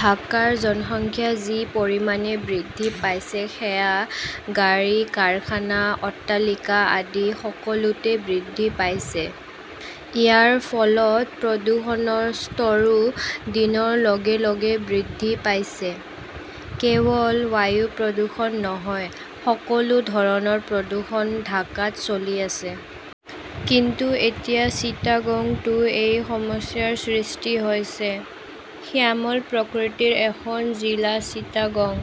ঢাকাৰ জনসংখ্যা যি পৰিমাণে বৃদ্ধি পাইছে সেয়া গাড়ী, কাৰখানা, অট্টালিকা আদি সকলোতে বৃদ্ধি পাইছে। ইয়াৰ ফলত প্ৰদূষণৰ স্তৰো দিনৰ লগে লগে বৃদ্ধি পাইছে। কেৱল বায়ু প্ৰদূষণ নহয়, সকলো ধৰণৰ প্ৰদূষণ ঢাকাত চলি আছে। কিন্তু এতিয়া চিটাগঙটো এই সমস্যাৰ সৃষ্টি হৈছে। শ্যামল প্ৰকৃতিৰ এখন জিলা চিটাগং।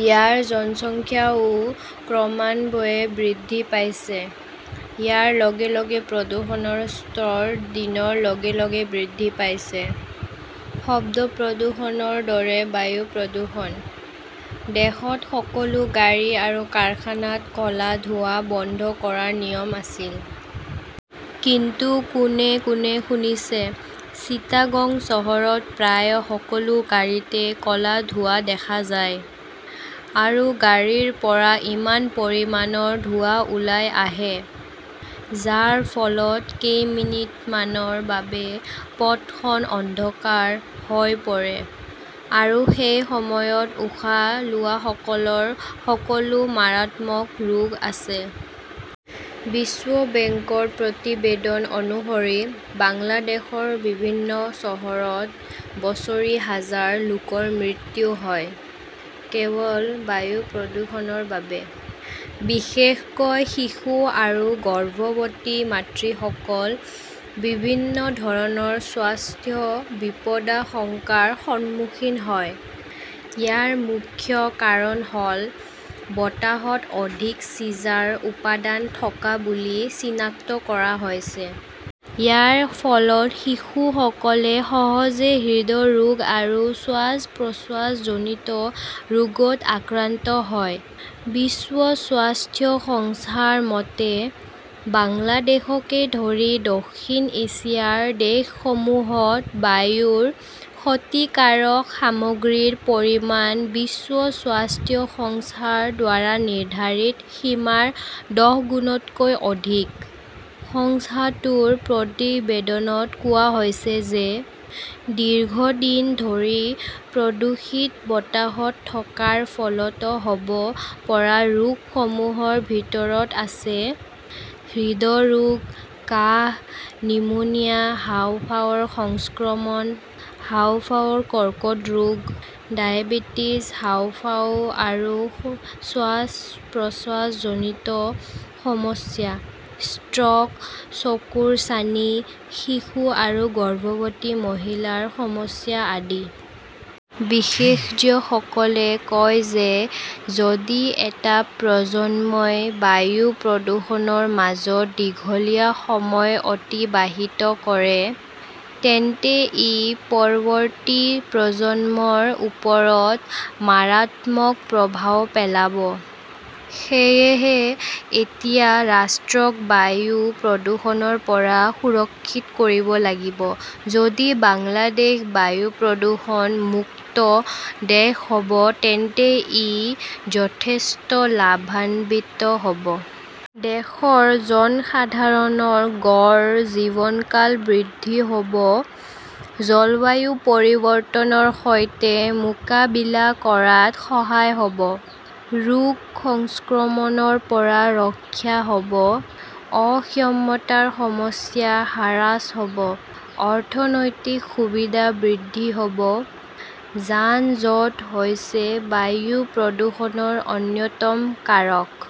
ইয়াৰ জনসংখ্যাও ক্ৰমান্বয়ে বৃদ্ধি পাইছে। ইয়াৰ লগে লগে প্ৰদূষণৰ স্তৰ দিনৰ লগে লগে বৃদ্ধি পাইছে। শব্দ প্ৰদূষণৰ দৰে বায়ু প্ৰদূষণ। দেশত সকলো গাড়ী আৰু কাৰখানাত ক 'লা ধোঁৱা বন্ধ কৰাৰ নিয়ম আছিল। কিন্তু কোনে কোনে শুনিছে। চিটাগং চহৰত প্ৰায় সকলো গাড়ীতে ক 'লা ধোঁৱা দেখা যায়। আৰু গাড়ীৰ পৰা ইমান পৰিমাণৰ ধোঁৱা ওলাই আহে, যাৰ ফলত কেইমিনিটমানৰ বাবে পথখন অন্ধকাৰ হৈ পৰে। আৰু সেই সময়ত উশাহ লোৱাসকলৰ সকলো মাৰাত্মক ৰোগ আছে। বিশ্ব বেংকৰ প্ৰতিবেদন অনুসৰি, বাংলাদেশৰ বিভিন্ন চহৰত বছৰি হাজাৰ লোকৰ মৃত্যু হয়, কেৱল বায়ু প্ৰদূষণৰ বাবে, বিশেষকৈ শিশু আৰু গৰ্ভৱতী মাতৃসকল বিভিন্ন ধৰণৰ স্বাস্থ্য বিপদাশংকাৰ সন্মুখীন হয়। ইয়াৰ মুখ্য কাৰণ হ'ল, বতাহত অধিক চিজাৰ উপাদান থকা বুলি চিনাক্ত কৰা হৈছে। ইয়াৰ ফলত শিশুসকলে সহজে হৃদৰোগ আৰু শ্বাস-প্ৰশ্বাসজনিত ৰোগত আক্ৰান্ত হয়। বিশ্ব স্বাস্থ্য সংস্থাৰ মতে, বাংলাদেশকে ধৰি দক্ষিণ এছিয়াৰ দেশসমূহত বায়ুৰ ক্ষতিকাৰক সামগ্ৰীৰ পৰিমাণ বিশ্ব স্বাস্থ্য সংস্থাৰ দ্বাৰা নিৰ্ধাৰিত সীমাৰ দহগুণতকৈ অধিক। সংস্থাটোৰ প্ৰতিবেদনত কোৱা হৈছে যে, দীৰ্ঘদিন ধৰি প্ৰদূষিত বতাহত থকাৰ ফলত হ'ব পৰা ৰোগসমূহৰ ভিতৰত আছে হৃদৰোগ, কাহ, নিউমোনিয়া, হাঁওফাঁওৰ সংক্ৰমণ, হাঁওফাঁওৰ কৰ্কট ৰোগ, ডায়েবেটিছ, হাঁওফাঁও আৰু শ্বাস-প্ৰশ্বাসজনিত সমস্যা, ষ্ট্ৰ'ক, চকুৰ ছানি, শিশু আৰু গৰ্ভৱতী মহিলাৰ সমস্যা আদি। বিশেষজ্ঞসকলে কয় যে, যদি এটা প্ৰজন্মই বায়ু প্ৰদূষণৰ মাজত দীঘলীয়া সময় অতিবাহিত কৰে, তেন্তে ই পৰৱৰ্তী প্ৰজন্মৰ ওপৰত মাৰাত্মক প্ৰভাৱ পেলাব। সেয়েহে, এতিয়া ৰাষ্ট্ৰক বায়ু প্ৰদূষণৰ পৰা সুৰক্ষিত কৰিব লাগিব। যদি বাংলাদেশ বায়ু প্ৰদূষণ মুক্ত দেশ হ'ব, তেন্তে ই যথেষ্ট লাভান্বিত হ'ব। দেশৰ জনসাধাৰণৰ গড় জীৱনকাল বৃদ্ধি হ 'ব, জলবায়ু পৰিৱৰ্তনৰ সৈতে মোকাবিলা কৰাত সহায় হ' ব, ৰোগ সংক্ৰমণৰ পৰা ৰক্ষা হ 'ব, অক্ষমতাৰ সমস্যা হ্ৰাস হ' ব, অৰ্থনৈতিক সুবিধা বৃদ্ধি হ'ব। যান-জঁট হৈছে বায়ু প্ৰদূষণৰ অন্যতম কাৰক।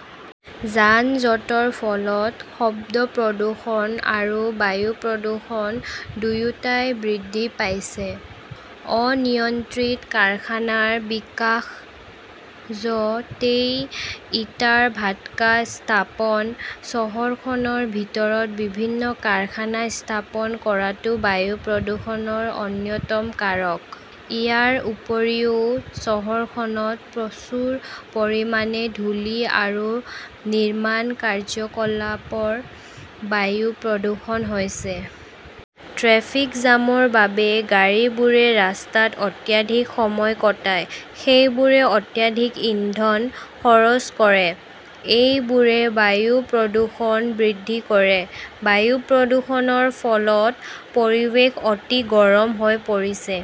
যান-জঁটৰ ফলত শব্দ প্ৰদূষণ আৰু বায়ু প্ৰদূষণ দুয়োটাই বৃদ্ধি পাইছে। অনিয়ন্ত্ৰিত কাৰখানাৰ বিকাশ, য 'তেই ইটাৰ ভাটকা স্থাপন, চহৰখনৰ ভিতৰত বিভিন্ন কাৰখানা স্থাপন কৰাটো বায়ু প্ৰদূষণৰ অন্যতম কাৰক। ইয়াৰ উপৰিও চহৰখনত প্ৰচুৰ পৰিমাণে ধূলি আৰু নিৰ্মাণ কাৰ্যকলাপৰ বায়ু প্ৰদূষণ হৈছে। ট্ৰেফিক জামৰ বাবে গাড়ীবোৰে ৰাস্তাত অত্যাধিক সময় কটায়, সেইবোৰে অত্যাধিক ইন্ধন খৰচ কৰে, এইবোৰে বায়ু প্ৰদূষণ বৃদ্ধি কৰে। বায়ু প্ৰদূষণৰ ফলত পৰিৱেশ অতি গৰম হৈ পৰিছে।